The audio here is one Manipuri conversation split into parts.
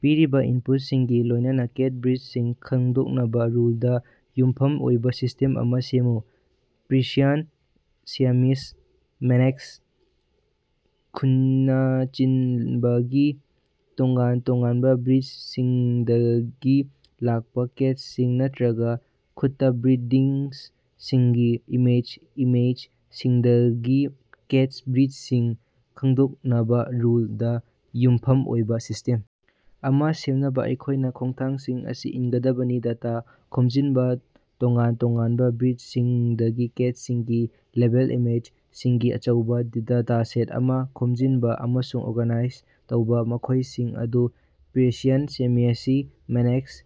ꯄꯤꯔꯤꯕ ꯏꯟꯄꯨꯠꯁꯤꯡꯒꯤ ꯂꯣꯏꯅꯅ ꯀꯦꯠ ꯕ꯭ꯔꯤꯠꯁꯤꯡ ꯈꯪꯗꯣꯛꯅꯕ ꯔꯨꯜꯗ ꯌꯨꯝꯐꯝ ꯑꯣꯏꯕ ꯁꯤꯁꯇꯦꯝ ꯑꯃ ꯁꯦꯝꯃꯨ꯫ ꯄꯥꯔꯁꯤꯌꯥꯟ ꯁꯤꯌꯥꯝ ꯃꯦꯟ ꯃꯅꯦꯖ ꯀꯨꯟꯅꯆꯤꯡꯕ ꯇꯣꯉꯥꯟ ꯇꯣꯉꯥꯟꯕ ꯕ꯭ꯔꯤꯠꯁꯤꯡꯗꯒꯤ ꯂꯥꯛꯄ ꯀꯦꯠꯁꯤꯡ ꯅꯠꯇ꯭ꯔꯒꯥ ꯈꯨꯠꯇꯥ ꯕ꯭ꯔꯤꯠꯗꯤꯡꯁꯤꯡꯒꯤ ꯏꯃꯦꯖ꯫ꯏꯃꯦꯖꯁꯤꯡꯗꯒꯤ ꯀꯦꯠ ꯕ꯭ꯔꯤꯠꯁꯤꯡ ꯈꯪꯗꯣꯛꯅꯕ ꯔꯨꯜꯗ ꯌꯨꯝꯐꯝ ꯑꯣꯏꯕ ꯁꯤꯁꯇꯦꯝ ꯑꯃ ꯁꯦꯝꯅꯕ ꯑꯩꯈꯣꯏꯅ ꯈꯣꯡꯊꯥꯡꯁꯤꯡ ꯑꯁꯤ ꯏꯟꯒꯗꯕꯅꯤ ꯗꯦꯇꯥ ꯈꯣꯝꯖꯤꯟꯕꯥ ꯇꯣꯉꯥꯟ ꯇꯣꯉꯥꯟꯕ ꯕ꯭ꯔꯤꯠꯁꯤꯡꯗꯒꯤ ꯀꯦꯠꯁꯤꯡꯒꯤ ꯂꯦꯕꯦꯜ ꯏꯃꯦꯖꯁꯤꯡꯒꯤ ꯑꯆꯧꯕ ꯗꯦꯇꯥꯁꯦꯠ ꯑꯃ ꯈꯣꯝꯖꯤꯟꯕ ꯑꯃꯁꯨꯡ ꯑꯣꯔꯒꯅꯥꯏꯖ ꯇꯧꯕ ꯃꯈꯣꯏꯁꯤꯡ ꯑꯗꯨꯗꯤ ꯄꯥꯔꯁꯤꯌꯥꯟ ꯁꯤꯃꯤ ꯑꯁꯤ ꯃꯦꯅꯦꯖ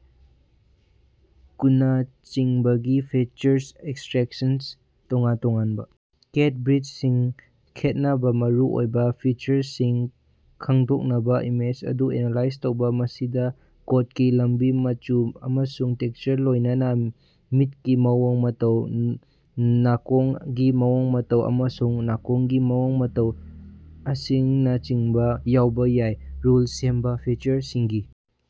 ꯀꯨꯟ ꯅꯆꯤꯡꯕꯒꯤ ꯐꯤꯆꯔ ꯑꯦꯛꯁꯇꯔꯥꯛꯁꯟ ꯇꯣꯉꯥꯟ ꯇꯣꯉꯥꯟꯕ ꯀꯦꯠ ꯕ꯭ꯔꯤꯠꯁꯤꯡ ꯈꯦꯠꯅꯕ ꯃꯔꯨꯑꯣꯏꯕ ꯐꯤꯆꯔꯁꯤꯡ ꯈꯪꯗꯣꯛꯅꯕ ꯏꯃꯦꯖ ꯑꯗꯨ ꯑꯦꯅꯥꯂꯥꯏꯖ ꯇꯧꯕ꯫ ꯃꯁꯤꯗ ꯀꯣꯠꯀꯤ ꯂꯝꯕꯤ ꯃꯆꯨ ꯑꯃꯁꯨꯡ ꯇꯦꯛꯁꯆꯔ ꯂꯣꯏꯅꯅ ꯃꯤꯠꯀꯤ ꯃꯑꯣꯡ ꯃꯇꯧ ꯅꯥꯀꯣꯡꯒꯤ ꯃꯑꯣꯡ ꯃꯇꯧ ꯑꯃꯁꯨꯡ ꯅꯥꯀꯣꯡꯒꯤ ꯃꯑꯣꯡ ꯃꯇꯧ ꯑꯁꯤꯅꯆꯤꯡꯕ ꯌꯥꯎꯕ ꯌꯥꯏ꯫ ꯔꯨꯜ ꯁꯦꯝꯕ ꯐꯤꯆꯔꯁꯤꯡꯒꯤ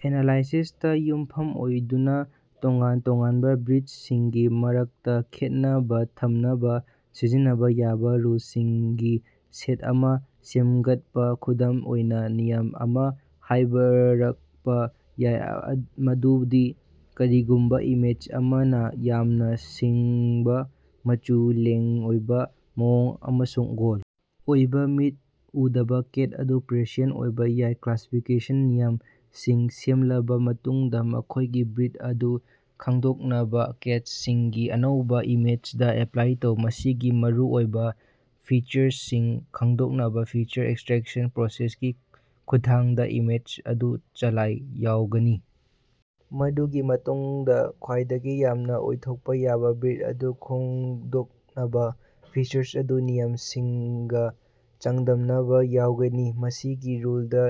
ꯑꯦꯅꯥꯂꯥꯏꯁꯤꯁꯇꯥ ꯌꯨꯝꯐꯝ ꯑꯣꯏꯗꯨꯅ ꯇꯣꯉꯥꯟ ꯇꯣꯉꯥꯟꯕ ꯕ꯭ꯔꯤꯠꯁꯤꯡꯒꯤ ꯃꯔꯛꯇ ꯈꯦꯠꯅꯕ ꯊꯝꯅꯕ ꯁꯤꯖꯤꯟꯅꯕ ꯌꯥꯕ ꯔꯨꯜꯁꯤꯡꯒꯤ ꯁꯦꯠ ꯑꯃ ꯁꯦꯝꯒꯠꯄ꯫ ꯈꯨꯗꯝ ꯑꯣꯏꯅ ꯅꯤꯌꯝ ꯑꯃꯅ ꯍꯥꯏꯔꯛꯄ ꯌꯥꯏ ꯃꯗꯨꯗꯤ ꯀꯔꯤꯒꯨꯝꯕ ꯏꯃꯦꯖ ꯑꯃꯅ ꯌꯥꯝꯅ ꯁꯥꯡꯕ ꯃꯆꯨ ꯂꯦꯡ ꯑꯣꯠꯄꯒꯤ ꯃꯑꯣꯡ ꯑꯃꯁꯨꯡ ꯒꯣꯜꯗ ꯑꯣꯏꯕ ꯃꯤꯠ ꯎꯗꯕ ꯀꯦꯠ ꯑꯗꯨ ꯄꯥꯔꯁꯤꯌꯥꯟ ꯑꯣꯏꯕ ꯌꯥꯏ꯫ ꯀ꯭ꯂꯥꯁꯤꯐꯤꯀꯦꯁꯟ ꯅꯤꯌꯝꯁꯤꯡ ꯁꯦꯝꯂꯕ ꯃꯇꯨꯡꯗ ꯃꯈꯣꯏꯒꯤ ꯕ꯭ꯔꯤꯠ ꯑꯗꯨ ꯈꯪꯗꯣꯛꯅꯕ ꯀꯦꯠꯁꯤꯡꯒꯤ ꯑꯅꯧꯕ ꯏꯃꯦꯖꯗ ꯑꯦꯞꯂꯥꯏ ꯇꯧ꯫ ꯃꯁꯤꯒꯤ ꯃꯔꯨꯑꯣꯏꯕ ꯐꯤꯆꯔꯁꯤꯡ ꯈꯪꯗꯣꯛꯅꯕ ꯐꯤꯆꯔ ꯑꯦꯛꯁꯇꯔꯥꯛꯁꯟ ꯄ꯭ꯔꯣꯁꯦꯁꯀꯤ ꯈꯨꯠꯊꯥꯡꯗ ꯏꯃꯦꯖ ꯑꯗꯨ ꯆꯂꯥꯏ ꯌꯥꯎꯒꯅꯤ ꯃꯗꯨꯒꯤ ꯃꯇꯨꯡꯗ ꯈ꯭ꯋꯥꯏꯗꯒꯤ ꯌꯥꯝꯅ ꯑꯣꯏꯊꯣꯛꯄ ꯌꯥꯕ ꯕ꯭ꯔꯤꯠ ꯑꯗꯨ ꯈꯣꯡꯗꯣꯛꯅꯕ ꯐꯤꯆꯔ ꯑꯗꯨ ꯅꯤꯌꯝꯁꯤꯡꯒ ꯆꯥꯡꯗꯝꯅꯕ ꯌꯥꯎꯒꯅꯤ꯫ ꯃꯁꯤꯒꯤ ꯔꯨꯜꯗ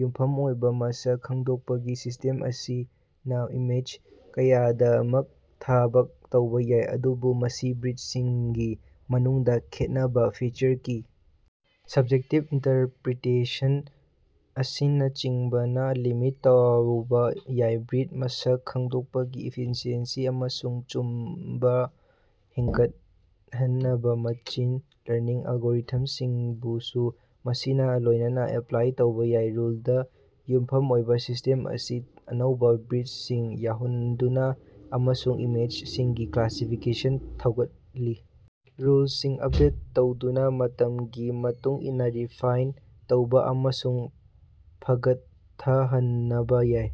ꯌꯨꯝꯐꯝ ꯑꯣꯏꯕ ꯃꯁꯛ ꯈꯪꯗꯣꯛꯄꯒꯤ ꯁꯤꯁ꯭ꯇꯦꯝ ꯑꯁꯤꯅ ꯏꯃꯦꯖ ꯀꯌꯥꯗꯃꯛ ꯊꯕꯛ ꯇꯧꯕ ꯌꯥꯏ ꯑꯗꯨꯕꯨ ꯃꯁꯤ ꯕ꯭ꯔꯤꯠꯁꯤꯡꯒꯤ ꯃꯅꯨꯡꯗ ꯈꯦꯠꯅꯕ ꯐꯤꯆꯔꯒꯤ ꯁꯕꯖꯦꯛꯇꯤꯕ ꯏꯟꯇꯔꯄꯔꯤꯇꯦꯁꯟ ꯑꯁꯤꯅꯆꯤꯡꯕꯅ ꯂꯤꯃꯤꯠ ꯇꯧꯕ ꯌꯥꯏ ꯕ꯭ꯔꯤꯠ ꯃꯁꯛ ꯈꯪꯗꯣꯛꯄꯒꯤ ꯏꯐꯤꯁꯤꯑꯦꯟꯁꯤ ꯑꯃꯁꯨꯡ ꯆꯨꯝꯕ ꯍꯦꯟꯒꯠꯍꯟꯅꯕ ꯃꯦꯁꯤꯟ ꯂꯔꯅꯤꯡ ꯑꯦꯜꯒꯣꯔꯤꯊꯝꯁꯤꯡꯕꯨꯁꯨ ꯃꯁꯤꯅ ꯂꯣꯏꯅꯅ ꯑꯦꯞꯂꯥꯏ ꯇꯧꯕ ꯌꯥꯏ꯫ ꯔꯨꯜꯗ ꯌꯨꯝꯐꯝ ꯑꯣꯏꯕ ꯁꯤꯁꯇꯦꯝ ꯑꯁꯤ ꯑꯅꯧꯕ ꯕ꯭ꯔꯤꯠꯁꯤꯡ ꯌꯥꯎꯍꯟꯗꯨꯅ ꯑꯃꯁꯨꯡ ꯏꯃꯦꯖꯁꯤꯡꯒꯤ ꯀ꯭ꯂꯥꯁꯤꯐꯤꯀꯦꯁꯟ ꯊꯧꯒꯠꯂꯤ ꯔꯨꯜꯁꯤꯡ ꯑꯞꯗꯦꯠ ꯇꯧꯗꯨꯅ ꯃꯇꯝꯒꯤ ꯃꯇꯨꯡ ꯏꯟꯅ ꯔꯤꯐꯥꯏꯟ ꯇꯧꯕ ꯑꯃꯁꯨꯡ ꯐꯒꯠꯊꯍꯟꯅꯕ ꯌꯥꯏ꯫